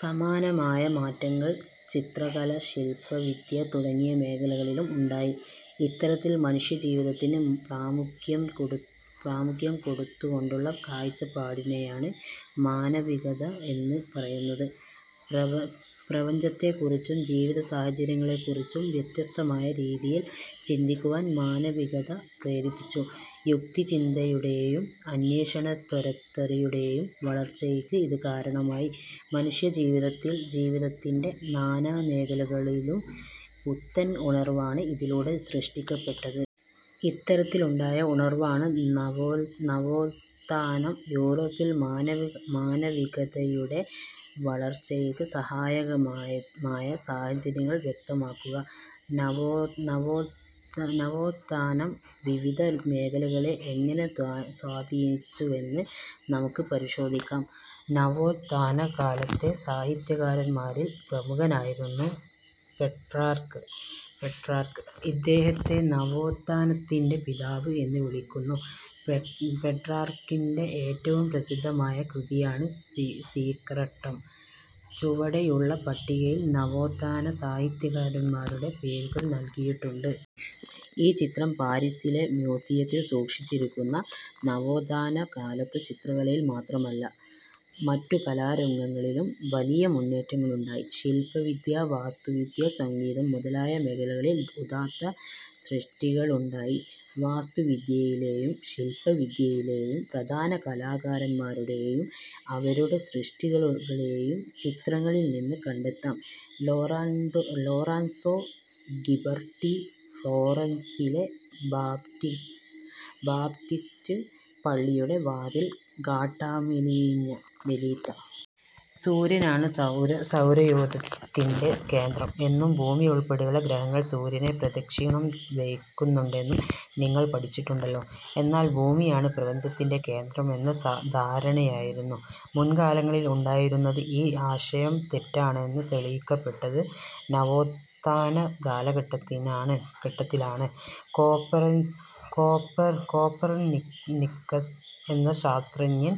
സമാനമായ മാറ്റങ്ങൾ ചിത്രകല, ശില്പവിദ്യ തുടങ്ങിയ മേഖലകളിലും ഉണ്ടായി. ഇത്തരത്തിൽ മനുഷ്യജീവിതത്തിന് പ്രാമുഖ്യം കൊടുത്തുകൊണ്ടുള്ള കാഴ്ചപ്പാടിനെയാണ് മാനവികത എന്ന് പറയുന്നത് പ്രപഞ്ചത്തെക്കുറിച്ചും ജീവിതസാഹചര്യങ്ങളെക്കുറിച്ചും വ്യത്യസ്തമായ രീതിയിൽ ചിന്തിക്കുവാൻ മാനവികത പ്രേരിപ്പിച്ചു. യുക്തിചിന്തയുടെയും അന്വേഷണത്വരയുടെയും വളർച്ചയ്ക്ക് ഇത് കാരണമായി. മനുഷ്യജീവിതത്തിന്റെ നാനാമേഖലകളിലും പുത്തൻ ഉണർവാണ് ഇതിലൂടെ സൃഷ്ടിക്കപ്പെട്ടത്. ഇത്തരത്തിലുണ്ടായ ഉണർവാണ് നവോത്ഥാനം. യൂറോപ്പിൽ മാനവികതയുടെ വളർച്ചയ്ക്ക് സഹായകമായ സാഹചര്യങ്ങൾ വ്യക്തമാക്കുക. നവോത്ഥാനം വിവിധ മേഖലകളെ എങ്ങനെ സ്വാധീനിച്ചുവെന്ന് നമുക്ക് പരിശോധിക്കാം. നവോത്ഥാനകാലത്തെ സാഹിത്യകാരന്മാരിൽ പ്രമുഖനായിരുന്നു പെട്രാർക്ക്. ഇദ്ദേഹത്തെ "നവോത്ഥാനത്തിന്റെ പിതാവ്' എന്ന് വിളിക്കുന്നു. പെട്രാർക്കിന്റെ ഏറ്റവും പ്രസിദ്ധമായ കൃതിയാണ് സീക്രട്ടം. ചുവടെയുള്ള പട്ടികയിൽ നവോത്ഥാന സാഹിത്യകാരന്മാരുടെ പേരുകൾ നൽകിയിട്ടുണ്ട്. ഈ ചിത്രം പാരീസിലെ മ്യൂസിയത്തിൽ സൂക്ഷിച്ചിരിക്കുന്നു. നവോഥാന കാലത്തു ചിത്രകലയിൽ മാത്രമല്ല, മറ്റു കലാരംഗങ്ങളിലും വലിയ മുന്നേറ്റങ്ങളുണ്ടായി. ശില്പവിദ്യ, വാസ്തുവിദ്യ, സംഗീതം മുതലായ മേഖലകളിൽ ഉദാത്ത സൃഷ്ടികളുണ്ടായി. വാസ്തുവിദ്യയിലെയും ശില്പവിദ്യയിലെയും പ്രധാന കലാകാരന്മാരെയും അവരുടെ സൃഷ്ടികളെയും ചിത്രങ്ങളിൽനിന്ന് കണ്ടെത്താം. ലോറൻസൊ ഗിബർട്ടി, ഫ്ളോറൻസിലെ ബാപ്റ്റിസ്റ്റ് പള്ളിയുടെ വാതിൽ, ഗട്ടാമെലീത്ത. സൂര്യനാണ് സൗരയൂഥത്തിന്റെ കേന്ദ്രം എന്നും ഭൂമിയുൾപ്പെടെയുള്ള ഗ്രഹങ്ങൾ സൂര്യനെ പ്രദക്ഷിണം വയ്ക്കുന്നുണ്ടെന്നും നിങ്ങൾ പഠിച്ചിട്ടുണ്ടല്ലോ. എന്നാൽ ഭൂമിയാണ് പ്രപഞ്ചത്തിന്റെ കേന്ദ്രം എന്ന ധാരണയായിരുന്നു മുൻകാലങ്ങളിൽ ഉണ്ടായിരുന്നത്. ഈ ആശയം തെറ്റാണെന്ന് തെളിയിക്കപ്പെട്ടത് നവോത്ഥാന കാലഘട്ടത്തിലാണ്. കോപ്പർനിക്കസ് എന്ന ശാസ്ത്രജ്ഞൻ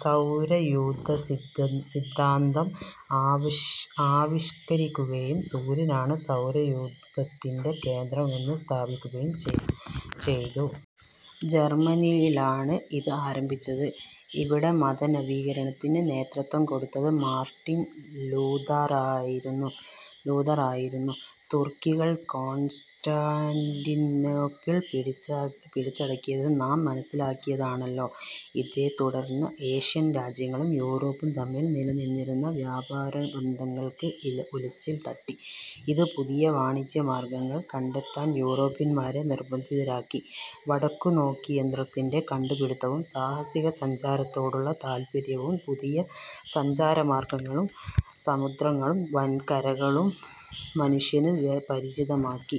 സൗരയൂഥസിദ്ധാന്തം ആവിഷ്കരിക്കുകയും സൂര്യനാണ് സൗരയൂഥത്തിന്റെ കേന്ദ്രം എന്ന് സ്ഥാപിക്കുകയും ചെയ്തു. ജർമ്മനിയിലാണ് ഇത് ആരംഭിച്ചത്. ഇവിടെ മതനവീകരണത്തിന് നേതൃത്വം കൊടുത്തത് മാർട്ടിൻ ലൂഥറായിരുന്നു. തുർക്കികൾ കോൺസ്റ്റാന്റിനോപ്പിൾ പിടിച്ചടക്കിയത് നാം മനസ്സിലാക്കിയതാണല്ലോ. ഇതേത്തുടർന്ന് ഏഷ്യൻ രാജ്യങ്ങളും യൂറോപ്പും തമ്മിൽ നിലനിന്നിരുന്ന വ്യാപാരബന്ധങ്ങൾക്ക് ഉലച്ചിൽ തട്ടി. ഇത് പുതിയ വാണിജ്യ മാർഗ്ഗങ്ങൾ കണ്ടെത്താൻ യൂറോപ്യൻമാരെ നിർബന്ധിതരാക്കി. വടക്കുനോക്കിയന്ത്രത്തിന്റെ കണ്ടുപിടിത്തവും സാഹസികസഞ്ചാരത്തോടുള്ള താൽപ്പര്യവും പുതിയ സഞ്ചാരമാർഗ്ഗങ്ങളും സമുദ്രങ്ങളും വൻകരകളും മനുഷ്യന് പരിചിതമാക്കി.